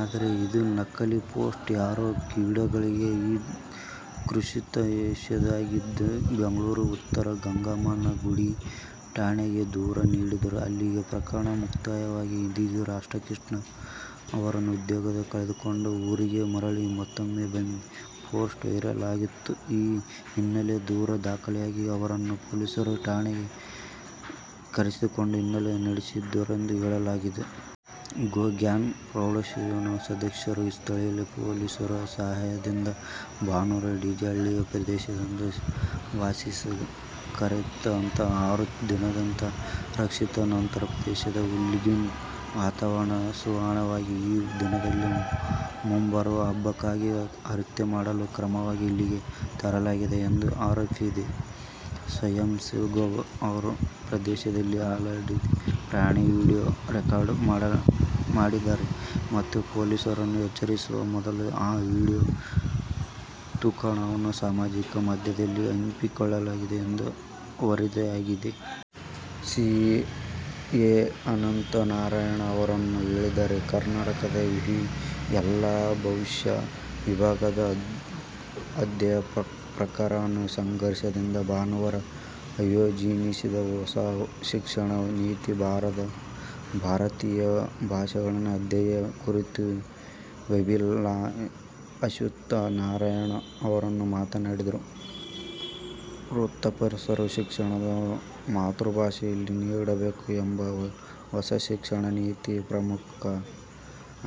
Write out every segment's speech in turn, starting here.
ಆದರೆ, ಇದು ನಕಲಿ ಪೋಸ್ಟ್ ಯಾರೋ ಕಿಡಿಗೇರಿಗಳು ಈ ಕೃತ್ಯ ಎಸಗಿದ್ದಾರೆಂದು ಬೆಂಗಳೂರು ಉತ್ತರ ಗಂಗಮ್ಮನ ಗುಡಿ ಠಾಣೆಗೆ ದೂರಿ ನೀಡಿದ್ದರು. ಅಲ್ಲಿಗೆ ಪ್ರಕರಣ ಮುಕ್ತಾಯವಾಗಿತ್ತು. ಇದೀಗ ರಾಧಾಕೃಷ್ಣ ಅವರು ಉದ್ಯೋಗ ಕಳೆದುಕೊಂಡು ಊರಿಗೆ ಮರಳಿದ್ದು, ಮತ್ತೊಮ್ಮೆ ಅದೇ ಪೋಸ್ಟ್ ವೈರಲ್ ಆಗತೊಡಗಿತ್ತು. ಈ ಹಿನ್ನೆಲೆಯಲ್ಲಿ ದೂರು ದಾಖಲಾಗಿದ್ದು, ಅವರನ್ನು ಪೊಲೀಸರು ಮತ್ತೆ ಠಾಣೆಗೆ ಕರೆಸಿಕೊಂಡು ಹಲ್ಲೆ ನಡೆಸಿದ್ದಾರೆಂದು ಹೇಳಲಾಗಿದೆ. ಗೋ ಗ್ಯಾನ್ ಫೌಂಡೇಶನ್ನ ಸದಸ್ಯರು ಸ್ಥಳೀಯ ಪೊಲೀಸರ ಸಹಾಯದಿಂದ ಭಾನುವಾರ ಡಿಜೆ ಹಳ್ಳಿಯ ಪ್ರದೇಶದ ನಿವಾಸಿಗಳು ಕರೆತಂದ ಆರು ದನಗಳ ರಕ್ಷಿಸಿದ ನಂತರ ಪ್ರದೇಶದಲ್ಲಿ ಉದ್ವಿಗ್ನ ವಾತಾವರಣ ನಿರ್ಮಾಣವಾಗಿದೆ. ಈ ದನಗಳನ್ನು ಮುಂಬರುವ ಹಬ್ಬಕ್ಕಾಗಿ ಹತ್ಯೆ ಮಾಡಲು ಅಕ್ರಮವಾಗಿ ಇಲ್ಲಿಗೆ ತರಲಾಗಿದೆ ಎಂದು ಆರೋಪಿಸಲಾಗಿದೆ. ಸ್ವಯಂಸೇವಕರೊಬ್ಬರು ಈ ಪ್ರದೇಶದಲ್ಲಿ ಅಲೆದಾಡಿ ಪ್ರಾಣಿಗಳ ವಿಡಿಯೋ ರೆಕಾರ್ಡ್ ಮಾಡಿದ್ದಾರೆ ಮತ್ತು ಪೊಲೀಸರನ್ನು ಎಚ್ಚರಿಸುವ ಮೊದಲು ಆ ವಿಡಿಯೋ ತುಣುಕನ್ನು ಸಾಮಾಜಿಕ ಮಾಧ್ಯಮದಲ್ಲಿ ಹಂಚಿಕೊಂಡಿದ್ದಾರೆ ಎಂದು ವರದಿಯಾಗಿದೆ. ಸಿ. ಎನ್. ಅಶ್ವತ್ಥನಾರಾಯಣ್ ಅವರು ಹೇಳಿದ್ದಾರೆ. ಕರ್ನಾಟಕ ವಿವಿಯ ಎಲ್ಲಾ ಭಾಷಾ ವಿಭಾಗದ ಅಧ್ಯಾಪಕರ ಸಂಘದಿಂದ ಭಾನುವಾರ ಆಯೋಜಿಸಿದ್ದ ಹೊಸ ಶಿಕ್ಷಣ ನೀತಿ-ಭಾರತೀಯ ಭಾಷೆಗಳ ಅಧ್ಯಯನ ಕುರಿತ ವೆಬಿನಾಲ್ ನಲ್ಲಿ ಅಶ್ವತ್ಥ ನಾರಾಯಣ್ ಅವರು ಮಾತನಾಡಿದರು. ವೃತ್ತಿಪರ ಶಿಕ್ಷಣವನ್ನು ಮಾತೃಭಾಷೆಯಲ್ಲಿ ನೀಡಬೇಕು ಎಂಬುದು ಹೊಸ ಶಿಕ್ಷಣ ನೀತಿಯ ಪ್ರಮುಖ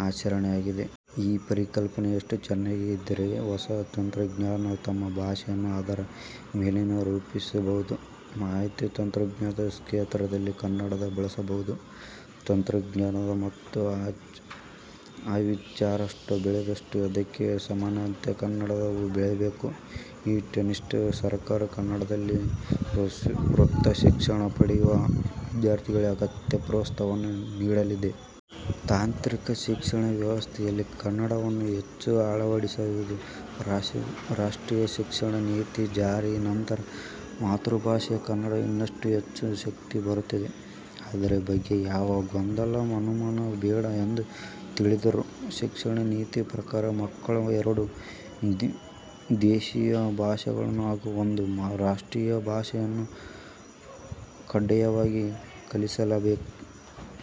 ಆಶಯವಾಗಿದೆ. ಈ ಪರಿಕಲ್ಪನೆ ಎಷ್ಟು ಚೆನ್ನಾಗಿದೆ ಎಂದರೆ ಹೊಸ ತಂತ್ರಜ್ಞಾನವನ್ನು ತಮ್ಮ ಭಾಷೆಯ ಆಧಾರದ ಮೇಲೆಯೇ ರೂಪಿಸಬಹುದು. ಮಾಹಿತಿ ತಂತ್ರಜ್ಞಾನ ಕ್ಷೇತ್ರದಲ್ಲೂ ಕನ್ನಡವನ್ನು ಬಳಸಬಹುದು. ತಂತ್ರಜ್ಞಾನ ಮತ್ತು ಆವಿಷ್ಕಾರ ಬೆಳೆದಂತೆಲ್ಲ ಅದಕ್ಕೆ ಸಮಾನಾಂತರವಾಗಿ ಕನ್ನಡವೂ ಬೆಳೆಯಬೇಕು. ಈ ನಿಟ್ಟಿನಲ್ಲಿ ಸರ್ಕಾರ ಕನ್ನಡದಲ್ಲಿಯೇ ವೃತ್ತಿಶಿಕ್ಷಣ ಪಡೆಯುವ ವಿದ್ಯಾರ್ಥಿಗಳಿಗೆ ಅಗತ್ಯ ಪೋತ್ಸಾಹ ನೀಡಲಿದೆ. ತಾಂತ್ರಿಕ ಶಿಕ್ಷಣ ವ್ಯವಸ್ಥೆಯಲ್ಲಿ ಕನ್ನಡವನ್ನು ಹೆಚ್ಚೆಚ್ಚು ಅಳವಡಿಸಲಾಗುವುದು. ರಾಷ್ಟ್ರೀಯ ಶಿಕ್ಷಣ ನೀತಿ ಜಾರಿಯ ನಂತರ ಮಾತೃಭಾಷೆ ಕನ್ನಡಕ್ಕೆ ಇನ್ನೂ ಹೆಚ್ಚಿನ ಶಕ್ತಿ ಬರುತ್ತದೆ. ಅದರ ಬಗ್ಗೆ ಯಾವ ಗೊಂದಲ, ಅನುಮಾನವೂ ಬೇಡ ಎಂದು ತಿಳಿಸಿದರು. ಶಿಕ್ಷಣ ನೀತಿಯ ಪ್ರಕಾರ ಮಕ್ಕಳು ಎರಡು ದೇಶಿಯ ಭಾಷೆಗಳನ್ನು ಹಾಗೂ ಒಂದು ಅಂತಾರಾಷ್ಟ್ರೀಯ ಭಾಷೆಯನ್ನು ಕಡ್ಡಾಯವಾಗಿ ಕಲಿಯಲೇಬೇಕು.